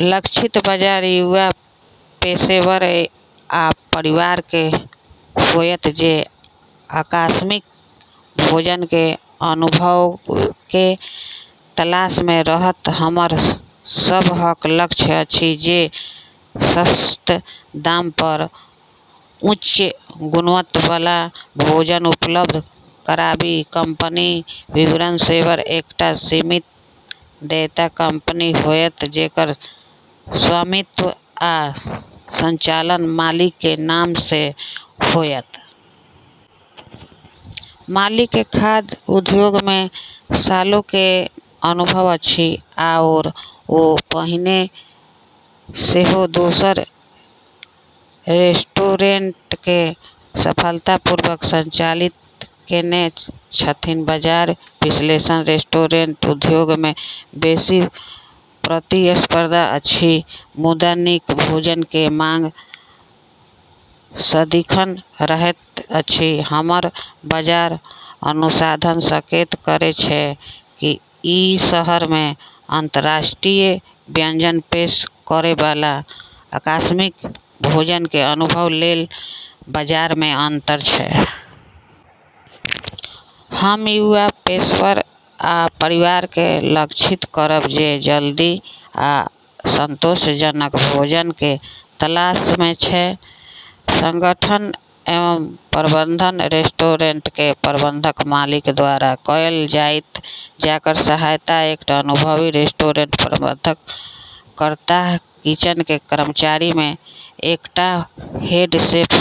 लक्षित बाजार युवा पेशेवर आ परिवारके होयत जे आकस्मिक भोजनके अनुभवके तलाशमे रहत। हमर सबहक लक्ष्य अछि जे सस्त दाम पर उच्च गुणवत्ताबला भोजन उपलब्ध कराबी। कंपनी विवरण सेवर एकटा सीमित देयता कंपनी होयत जेकर स्वामित्व आ संचालन [मालिकके नाम] सँ होइत । मालिकके खाद्य उद्योगमे सालोंके अनुभव अछि आओर ओ पहिने सेहो दोसर रेस्टोरेंटके सफलतापूर्वक संचालित केने छथि। बाजार विश्लेषण रेस्टोरेंट उद्योगमे बेसी प्रतिस्पर्धा अछि, मुदा नीक भोजनके मांग सदिखन रहैत अछि। हमर बाजार अनुसंधान संकेत करै छै कि शहरमे अंतरराष्ट्रीय व्यंजन पेश करैबला आकस्मिक भोजनके अनुभव लेल बाजारमे अंतर छै। हम युवा पेशेवर आ परिवारके लक्षित करब जे जल्दी आ संतोषजनक भोजनके तलाशमे छै। संगठन एवं प्रबंधन रेस्टोरेंटके प्रबंधन मालिक द्वारा कयल जाइत, जकर सहायता एकटा अनुभवी रेस्टोरेंट प्रबंधक करताह किचनके कर्मचारीमे एकटा हेड शेफ,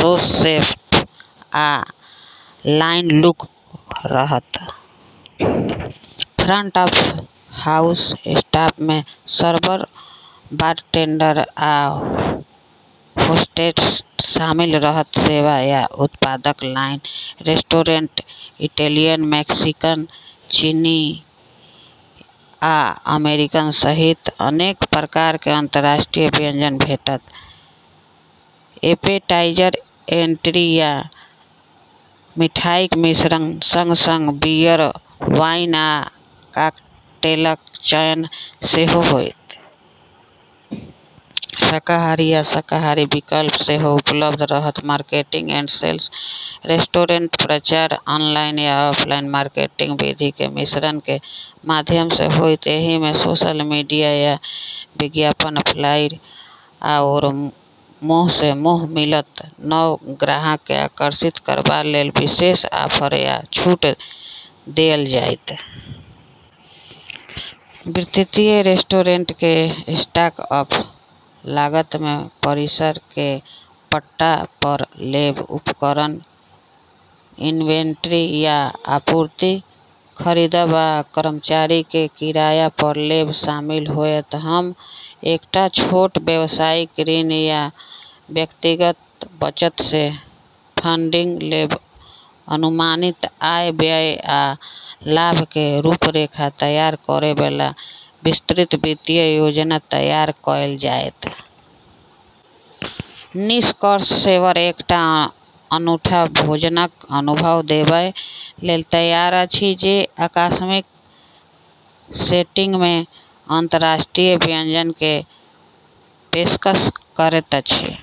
सौस शेफ, आ लाइन कुक रहत। फ्रंट ऑफ हाउस स्टाफमे सर्वर, बारटेंडर आ होस्टेस शामिल रहत। सेवा या उत्पाद लाइन रेस्टोरेंटमे इटैलियन, मैक्सिकन, चीनी आ अमेरिकन सहित अनेक प्रकारके अंतर्राष्ट्रीय व्यंजन भेटत। ऐपेटाइज़र, एंट्री, आ मिठाईक मिश्रणक संग-संग बियर, वाइन, आ कॉकटेलक चयन सेहो होइत । शाकाहारी आ शाकाहारी विकल्प सेहो उपलब्ध रहत। मार्केटिंग एंड सेल्स रेस्टोरेंटके प्रचार ऑनलाइन आ ऑफलाइन मार्केटिंग विधिके मिश्रणके माध्यमसँ होइत । एहिमे सोशल मीडिया पर विज्ञापनफ्लाईयर आओर मुंहसँ मुंह मिलत। नव ग्राहकके आकर्षित करबा लेल विशेष ऑफर आ छूट देल जाइत । वित्तीय रेस्टोरेंटके स्टार्ट-अप लागतमे परिसरके पट्टा पर लेब, उपकरण, इन्वेंट्री, आ आपूर्ति खरीदब, आ कर्मचारीके किराया पर लेब शामिल होइत । हम एकटा छोट व्यवसायिक ऋण आ व्यक्तिगत बचतसँ फंडिंग लेब। अनुमानित आय, व्यय, आ लाभके रूपरेखा तैयार करैबला विस्तृत वित्तीय योजना तैयार कैल जेतय। निष्कर्ष सेवर एकटा अनूठा भोजनक अनुभव देबय लेल तैयार अछि, जे आकस्मिक सेटिंगमे अंतरराष्ट्रीय व्यंजनके पेशकश करैत अछि।